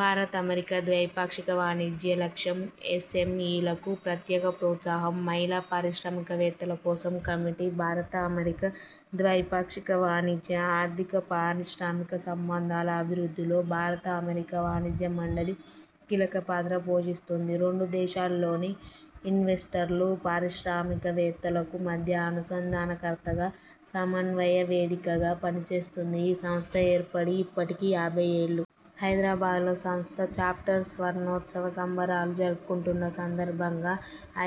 భారత్-అమెరికా ద్వైపాక్షిక వాణిజ్య లక్ష్యం.. ఎస్ఎంఇలకు ప్రత్యేక ప్రోత్సాహంమహిళా పారిశ్రామికవేత్తల కోసం కమిటీ భారత-అమెరికా ద్వైపాక్షిక వాణిజ్య, ఆర్థిక, పారిశ్రామిక సంబంధాల అభివృద్ధిలో భారత-అమెరికా వాణిజ్య మండలి కీలక పాత్ర పోషిస్తోంది. రెండు దేశాల్లోని ఇన్వెస్టర్లు, పారిశ్రామికవేత్తలకు మధ్య అనుసంధానకర్తగా, సమన్వయ వేదికగా పనిచేస్తోంది. ఈ సంస్థ ఏర్పడి ఇప్పటికి యాభై ఏళ్లు. హైదరాబాద్లో సంస్థ చాప్టర్ స్వర్ణోత్సవ సంబరాలు జరుపుకుంటున్న సందర్భంగా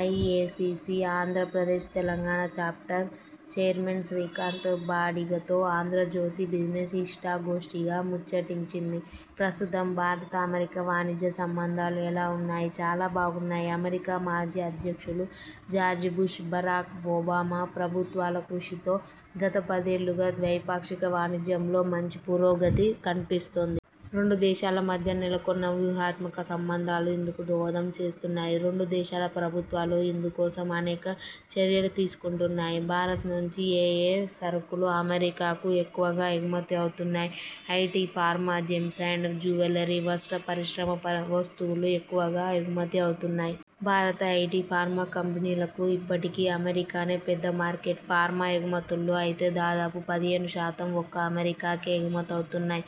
IACC Andhra Pradesh, Telangana chapter chairman Srikanth బాడిగతో 'ఆంధ్రజ్యోతి బిజినెస్' ఇష్టాగోష్టిగా ముచ్చటించింది. ప్రస్తుతం భారత-అమెరికా వాణిజ్య సంబంధాలు ఎలా ఉన్నాయి? చాలా బాగున్నాయి. అమెరికా మాజీ అధ్యక్షులు జార్జి బుష్, బరాక్ ఒబామా ప్రభుత్వాల కృషితో గత పదేళ్లుగా ద్వైపాక్షిక వాణిజ్యంలో మంచి పురోగతి కనిపిస్తోంది. రెండు దేశాల మద్య నెలకొన్న వ్యూహాత్మక సంబంధాలూ ఇందుకు దోహదం చేస్తున్నాయి. రెండు దేశాల ప్రభుత్వాలు ఇందుకోసం అనేక చర్యలు తీసుకుంటున్నాయి. భారత్ నుంచి ఏయే సరుకులు అమెరికాకు ఎక్కువగా ఎగుమతి అవుతున్నాయి? IT, pharma, gems and jewellery, వస్త్ర పరిశ్రమ వస్తువులు ఎక్కువగా ఎగుమతి అవుతున్నాయి. భారత ఐటి, ఫార్మా కంపెనీలకు ఇప్పటికీ అమెరికానే పెద్ద మార్కెట్. ఫార్మా ఎగుమతుల్లో అయితే దాదాపు పదిహేను శాతం ఒక్క అమెరికాకే ఎగుమతవుతున్నాయి.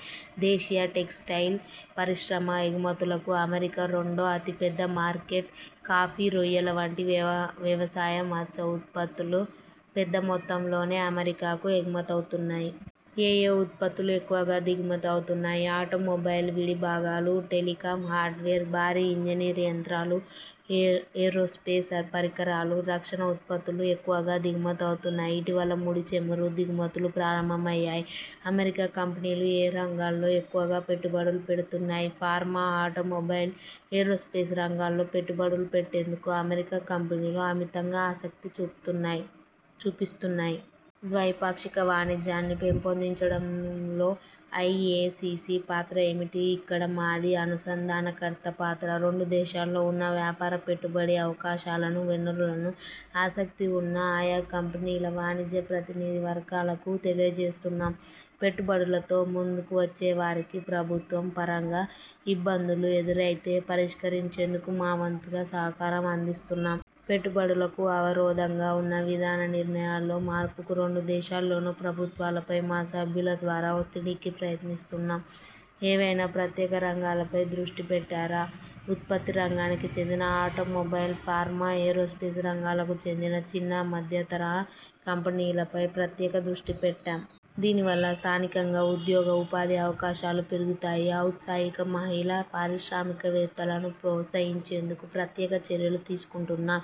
దేశీయ టెక్స్టైల్ పరిశ్రమ ఎగుమతులకూ అమెరికా రెండో అతి పెద్ద మార్కెట్. కాఫీ, రొయ్యల వంటి వ్యవసాయ, మత్స్య ఉత్పత్తులూ పెద్ద మొత్తంలోనే అమెరికాకు ఎగుమతవుతున్నాయి. ఏయే ఉత్పత్తులు ఎక్కువగా దిగుమతి అవుతున్నాయి? ఆటోమొబైల్ విడి భాగాలు, టెలికాం హార్డ్వేర్, భారీ ఇంజినీరింగ్ యంత్రాలు, ఏరోస్పేస్ పరికరాలు, రక్షణ ఉత్పత్తులు ఎక్కువగా దిగుమతి అవుతున్నాయి. ఇటీవల ముడి చమురు దిగుమతులూ ప్రారంభమయ్యాయి. అమెరికా కంపెనీలు ఏ రంగాల్లో ఎక్కువగా పెట్టుబడులు పెడుతున్నాయి? ఫార్మా, ఆటోమొబైల్, ఏరోస్పేస్ రంగాల్లో పెట్టుబడులు పెట్టేందుకు అమెరికా కంపెనీలు అమితంగా ఆసక్తి చూపిస్తున్నాయి. ద్వైపాక్షిక వాణిజ్యాన్ని పెంపొందించడంలో ఐఎసిసి పాత్ర ఏమిటి? ఇక్కడ మాది అనుసంధానకర్త పాత్ర. రెండు దేశాల్లో ఉన్న వ్యాపార, పెట్టుబడి అవకాశాలను, వనరులను ఆసక్తి ఉన్న ఆయా కంపెనీల, వాణిజ్య ప్రతినిధి వర్గాలకు తెలియజేస్తున్నాం. పెట్టుబడులతో ముందుకు వచ్చేవారికి ప్రభుత్వ పరంగా ఇబ్బందులు ఎదురైతే పరిష్కరించేందుకు మా వంతుగా సహకారం అందిస్తున్నాం. పెట్టుబడులకు అవరోధంగా ఉన్న విధాన నిర్ణయాల్లో మార్పుకు రెండు దేశాల్లోనూ ప్రభుత్వాలపై మా సభ్యుల ద్వారా ఒత్తిడికి ప్రయత్నిస్తున్నాం. ఏవైనా ప్రత్యేక రంగాలపై దృష్టి పెట్టారా? ఉత్పత్తి రంగానికి చెందిన ఆటోమొబైల్, ఫార్మా, ఏరోస్పేస్ రంగాలకు చెందిన చిన్న, మధ్య తరహా కంపెనీల పై ప్రత్యేక దృష్టి పెట్టాం. దీనివల్ల స్థానికంగా ఉద్యోగ, ఉపాధి అవకాశాలూ పెరుగుతాయి. ఔత్సాహిక మహిళా పారిశ్రామికవేత్తలను ప్రోత్సహించేందుకూ ప్రత్యేక చర్యలు తీసుకుంటున్నాం.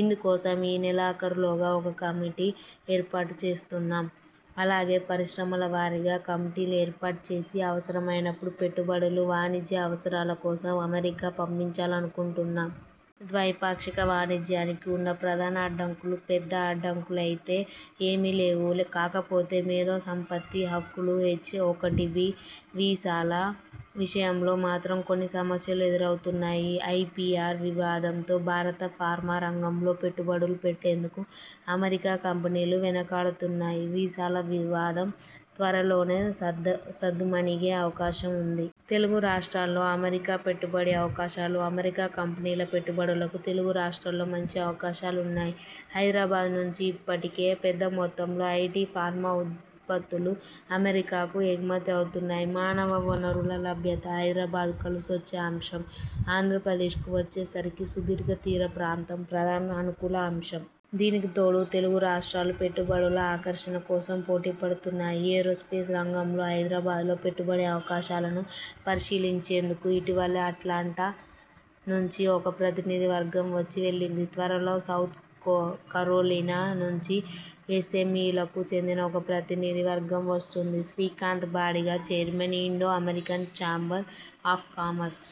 ఇందుకోసం ఈ నెలాఖరులోగా ఒక కమిటీ ఏర్పాటు చేస్తున్నాం. అలాగే పరిశ్రమల వారీగా కమిటీలు ఏర్పాటు చేసి, అవసరమైనపుడు పెట్టుబడులు, వాణిజ్య అవసరాల కోసం అమెరికా పంపించాలనుకుంటున్నాం. ద్వైపాక్షిక వాణిజ్యానికి ఉన్న ప్రధాన అడ్డంకులు? పెద్ద అడ్డంకులైతే ఏమీ లేవు. కాకపోతే మేధో సంపత్తి హక్కులు, హెచ్-ఒకటిబి వీసాల విషయంలో మాత్రం కొన్ని సమస్యలు ఎదురవుతున్నాయి. ఐపిఆర్ వివాదంతో భారత ఫార్మా రంగంలో పెట్టుబడులు పెట్టేందుకు అమెరికా కంపెనీలు వెనకాడుతున్నాయి. వీసాల వివాదం త్వరలోనే సద్దుమణిగే అవకాశం ఉంది. తెలుగు రాష్ట్రాల్లో అమెరికా పెట్టుబడి అవకాశాలు? అమెరికా కంపెనీల పెట్టుబడులకు తెలుగు రాష్ట్రాల్లో మంచి అవకాశాలున్నాయి. హైదరాబాద్ నుంచి ఇప్పటికే పెద్ద మొత్తంలో ఐటి, ఫార్మా ఉత్పత్తులు అమెరికాకు ఎగుమతి అవుతున్నాయి. మానవ వనరుల లభ్యత హైదరాబాద్కు కలిసొచ్చే అంశం. ఆంధ్ర ప్రదేశ్కు వచ్చేసరికి సుదీర్ఘ తీర ప్రాంతం ప్రధాన అనుకూల అంశం. దీనికి తోడు తెలుగు రాష్ట్రాలు పెట్టుబడుల ఆకర్షణ కోసం పోటీపడుతున్నాయి. ఏరోస్పేస్ రంగంలో హైదరాబాద్లో పెట్టుబడి అవకాశాలను పరిశీలించేందుకు ఇటీవలే అట్లాంటా నుంచి ఒక ప్రతినిధి వర్గం వచ్చి వెళ్లింది. త్వరలో సౌత్ కరోలినా నుంచి ఎస్ఎంఇలకు చెందిన ఒక ప్రతినిధి వర్గం వస్తోంది. -Srikanth Badiga, chairman, Indo American chamber of commerce